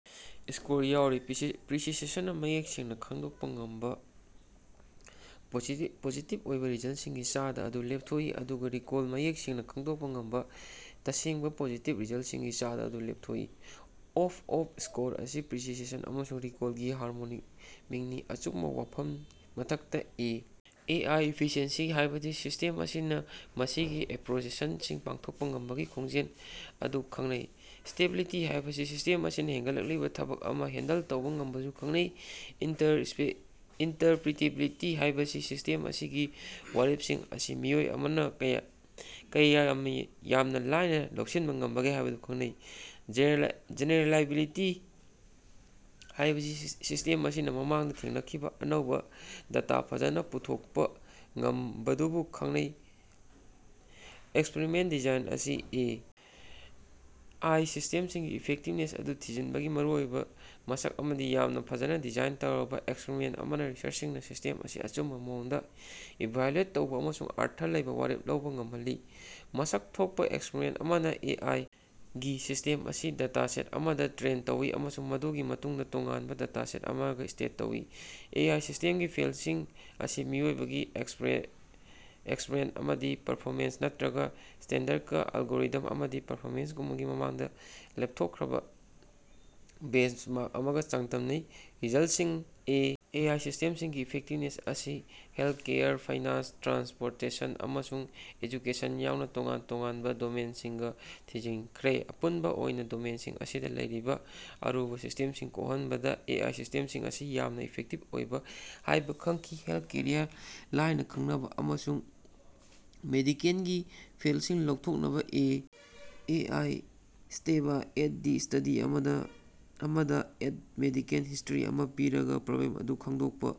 Score ꯌꯥꯎꯔꯤ꯫ ꯄ꯭ꯔꯤꯁꯤꯁꯟꯅꯥ ꯃꯌꯦꯛ ꯁꯦꯡꯅꯥ ꯈꯪꯗꯣꯛꯄꯥ ꯉꯝꯕꯥ ꯄꯣꯖꯤꯇꯤꯕ ꯑꯣꯏꯕꯥ ꯔꯤꯖꯜꯇꯁꯤꯡꯒꯤ ꯆꯥꯗꯥ ꯑꯗꯨ ꯂꯦꯞꯊꯣꯛꯏ, ꯑꯗꯨꯒꯥ ꯔꯤꯀꯣꯜꯅꯥ ꯃꯌꯦꯛ ꯁꯦꯡꯅꯥ ꯈꯪꯗꯣꯛꯄꯥ ꯉꯝꯕꯥ ꯇꯁꯦꯡꯕꯥ ꯄꯣꯖꯤꯇꯤꯕ ꯔꯤꯖꯜꯇꯁꯤꯡꯒꯤ ꯆꯥꯗꯥ ꯑꯗꯨ ꯂꯦꯞꯊꯣꯛꯏ꯫ ꯑꯦꯐꯑꯃ ꯁ꯭ꯀꯣꯔ ꯑꯁꯤ ꯄ꯭ꯔꯤꯁꯤꯁꯟ ꯑꯃꯁꯨꯡ ꯔꯤꯀꯣꯜꯒꯤ ꯍꯥꯔꯃꯣꯅꯤꯛ ꯃꯤꯡꯅꯤ꯫ ꯑꯆꯨꯝꯕꯥ ꯋꯥꯐꯝꯒꯤ ꯃꯊꯛꯇꯥ, ꯑꯦ. ꯑꯥꯏ. ꯏꯐꯤꯁꯤꯑꯦꯟꯁꯤ ꯍꯥꯏꯕꯁꯤ ꯁꯤꯁ꯭ꯇꯦꯝ ꯑꯁꯤꯅꯥ ꯃꯁꯤꯒꯤ ꯑꯣꯄꯔꯦꯁꯟꯁꯤꯡ ꯄꯥꯡꯊꯣꯛꯄꯥ ꯉꯝꯕꯒꯤ ꯈꯣꯡꯖꯦꯜ ꯑꯗꯨꯕꯨ ꯈꯪꯅꯩ꯫ ꯁ꯭ꯀꯦꯂꯦꯕꯤꯂꯤꯇꯤ ꯍꯥꯏꯕꯁꯤ ꯁꯤꯁ꯭ꯇꯦꯝ ꯑꯁꯤꯅꯥ ꯍꯦꯒꯠꯂꯛꯂꯤꯕꯥ ꯊꯕꯛ ꯑꯃꯥ ꯍꯦꯟꯗꯜ ꯇꯧꯕꯥ ꯉꯝꯕꯗꯨꯕꯨ ꯈꯪꯅꯩ꯫ ꯏꯟꯇꯔꯄꯔꯤꯇꯦꯕꯤꯂꯤꯇꯤ ꯍꯥꯏꯕꯁꯤꯅꯥ ꯁꯤꯁ꯭ꯇꯦꯝ ꯑꯁꯤꯒꯤ ꯋꯥꯔꯦꯞꯁꯤꯡ ꯑꯁꯤ ꯃꯤꯑꯣꯏ ꯑꯃꯅꯥ ꯀꯌꯥ ꯌꯥꯝꯅꯥ ꯂꯥꯏꯅꯥ ꯂꯧꯁꯤꯟꯕꯥ ꯉꯝꯕꯒꯦ ꯍꯥꯏꯕꯗꯨꯕꯨ ꯈꯪꯅꯩ꯫ ꯖꯦꯅꯦꯔꯦꯂꯥꯏꯖꯦꯕꯤꯂꯤꯇꯤ ꯍꯥꯏꯕꯁꯤ ꯁꯤꯁ꯭ꯇꯦꯝ ꯑꯁꯤꯅꯥ ꯃꯃꯥꯡꯗꯥ ꯊꯦꯡꯅꯈꯤꯗꯕꯥ ꯑꯅꯧꯕꯥ ꯗꯦꯇꯥꯗꯥ ꯐꯖꯅꯥ ꯄꯥꯡꯊꯣꯛꯄꯥ ꯉꯝꯕꯗꯨꯕꯨ ꯈꯪꯅꯩ꯫ ꯑꯦꯛꯁꯄꯤꯔꯤꯃꯦꯟꯇ ꯗꯤꯖꯥꯏꯟ ꯑꯁꯤ ꯑꯦ. ꯑꯥꯏ. ꯁꯤꯁ꯭ꯇꯦꯝꯁꯤꯡꯒꯤ ꯏꯐꯦꯛꯇꯤꯕꯅꯦꯁ ꯑꯗꯨ ꯊꯤꯖꯤꯟꯕꯒꯤ ꯃꯔꯨꯑꯣꯏꯕꯥ ꯃꯁꯛ ꯑꯃꯅꯤ꯫ ꯌꯥꯝꯅꯥ ꯐꯖꯅꯥ ꯗꯤꯖꯥꯏꯟ ꯇꯧꯔꯕꯥ ꯑꯦꯛꯁꯄꯔꯤꯃꯦꯟꯇ ꯑꯃꯅꯥ ꯔꯤꯁꯔꯆꯔꯁꯤꯡꯅꯥ ꯁꯤꯁ꯭ꯇꯦꯝ ꯑꯁꯤ ꯑꯆꯨꯝꯕꯥ ꯃꯑꯣꯡꯗꯥ ꯏꯚꯥꯂꯨꯑꯦꯠ ꯇꯧꯕꯥ ꯑꯃꯁꯨꯡ ꯑꯔꯊ ꯂꯩꯕꯥ ꯋꯥꯔꯦꯞ ꯂꯧꯕꯥ ꯉꯝꯍꯜꯂꯤ꯫ ꯃꯁꯛ ꯊꯣꯛꯄꯥ ꯑꯦꯛꯁꯄꯔꯤꯃꯦꯟꯇ ꯑꯃꯗꯥ, ꯑꯦ. ꯑꯥꯏ. ꯒꯤ ꯁꯤꯁ꯭ꯇꯦꯝ ꯑꯁꯤ ꯗꯦꯇꯥꯁꯦꯠ ꯑꯃꯗꯥ ꯇ꯭ꯔꯦꯟ ꯇꯧꯏ ꯑꯃꯁꯨꯡ ꯃꯗꯨꯒꯤ ꯃꯇꯨꯡꯗꯥ ꯇꯣꯉꯥꯟꯕꯥ ꯗꯦꯇꯥꯁꯦꯠ ꯑꯃꯗꯥ ꯇꯦꯁ꯭ꯠ ꯇꯧꯏ꯫ ꯑꯦ. ꯑꯥꯏ. ꯁꯤꯁ꯭ꯇꯦꯃꯒꯤ ꯐꯦꯜꯁꯤꯡ ꯑꯁꯤ ꯃꯤꯑꯣꯏꯕꯒꯤ ꯑꯦꯛꯁꯄꯔꯠ ꯑꯃꯒꯤ ꯄꯔꯐꯣꯃꯦꯟꯁ ꯅꯠꯇꯔꯒꯥ ꯁ꯭ꯇꯦꯟꯗꯔꯗ ꯑꯦꯂꯒꯣꯔꯤꯊꯝ ꯑꯃꯒꯤ ꯄꯔꯐꯣꯃꯦꯟꯁꯒꯨꯝꯕꯥ ꯃꯃꯥꯡꯗꯥ ꯂꯦꯞꯊꯣꯛꯈ꯭ꯔꯕꯥ ꯕꯦꯟꯆꯃꯥꯔꯛ ꯑꯃꯒꯥ ꯆꯥꯡꯗꯝꯅꯩ꯫ ꯔꯤꯖꯜꯇꯁꯤꯡ ꯑꯦ. ꯑꯥꯏ. ꯁꯤꯁ꯭ꯇꯦꯝꯁꯤꯡꯒꯤ ꯏꯐꯦꯛꯇꯤꯕꯅꯦꯁ ꯑꯁꯤ ꯍꯦꯜꯀꯦꯌꯔ, ꯐꯥꯏꯅꯥꯟꯁ, ꯇ꯭ꯔꯥꯟꯁꯄꯣꯔꯇꯦꯁꯟ, ꯑꯃꯁꯨꯡ ꯑꯦꯖꯨꯀꯦꯁꯟ ꯌꯥꯎꯅ ꯇꯣꯉꯥꯟ ꯇꯣꯉꯥꯟꯕꯥ ꯗꯣꯃꯦꯟꯁꯤꯡꯗꯥ ꯊꯤꯖꯤꯟꯈ꯭ꯔꯦ꯫ ꯑꯄꯨꯟꯕꯥ ꯑꯣꯏꯅꯥ, ꯗꯣꯃꯦꯟꯁꯤꯡ ꯑꯁꯤꯗꯥ ꯂꯩꯔꯤꯕꯥ ꯑꯔꯨꯕꯥ ꯁꯃꯁ꯭ꯌꯥꯁꯤꯡ ꯀꯣꯍꯟꯕꯗꯥ ꯑꯦ. ꯑꯥꯏ. ꯁꯤꯁ꯭ꯇꯦꯃꯁꯤꯡ ꯑꯁꯤ ꯌꯥꯝꯅꯥ ꯏꯐꯦꯛꯇꯤꯕ ꯑꯣꯏ ꯍꯥꯏꯕꯥ ꯈꯪꯈꯤ ꯫ ꯍꯦꯜꯇꯀꯦꯌꯔꯗꯥ, ꯂꯥꯏꯅꯥ ꯈꯪꯗꯣꯛꯅꯕꯥ ꯑꯃꯁꯨꯡ ꯃꯦꯗꯤꯀꯦꯜꯒꯤ ꯐꯦꯜꯁꯤꯡ ꯂꯥꯎꯊꯣꯛꯅꯕꯥ ꯑꯦ. ꯑꯥꯏ. Esteva et. ꯒꯤ ꯁ꯭ꯇꯗꯤ ꯑꯃꯗꯥ ꯑꯦꯟ ꯃꯦꯗꯤꯀꯦꯜ ꯍꯤꯁ꯭ꯇꯔꯤ ꯑꯃꯥ ꯄꯤꯔꯒꯥ ꯄ꯭ꯔꯣꯕ꯭ꯂꯦꯝ ꯑꯗꯨ ꯈꯪꯗꯣꯛꯄꯥ꯫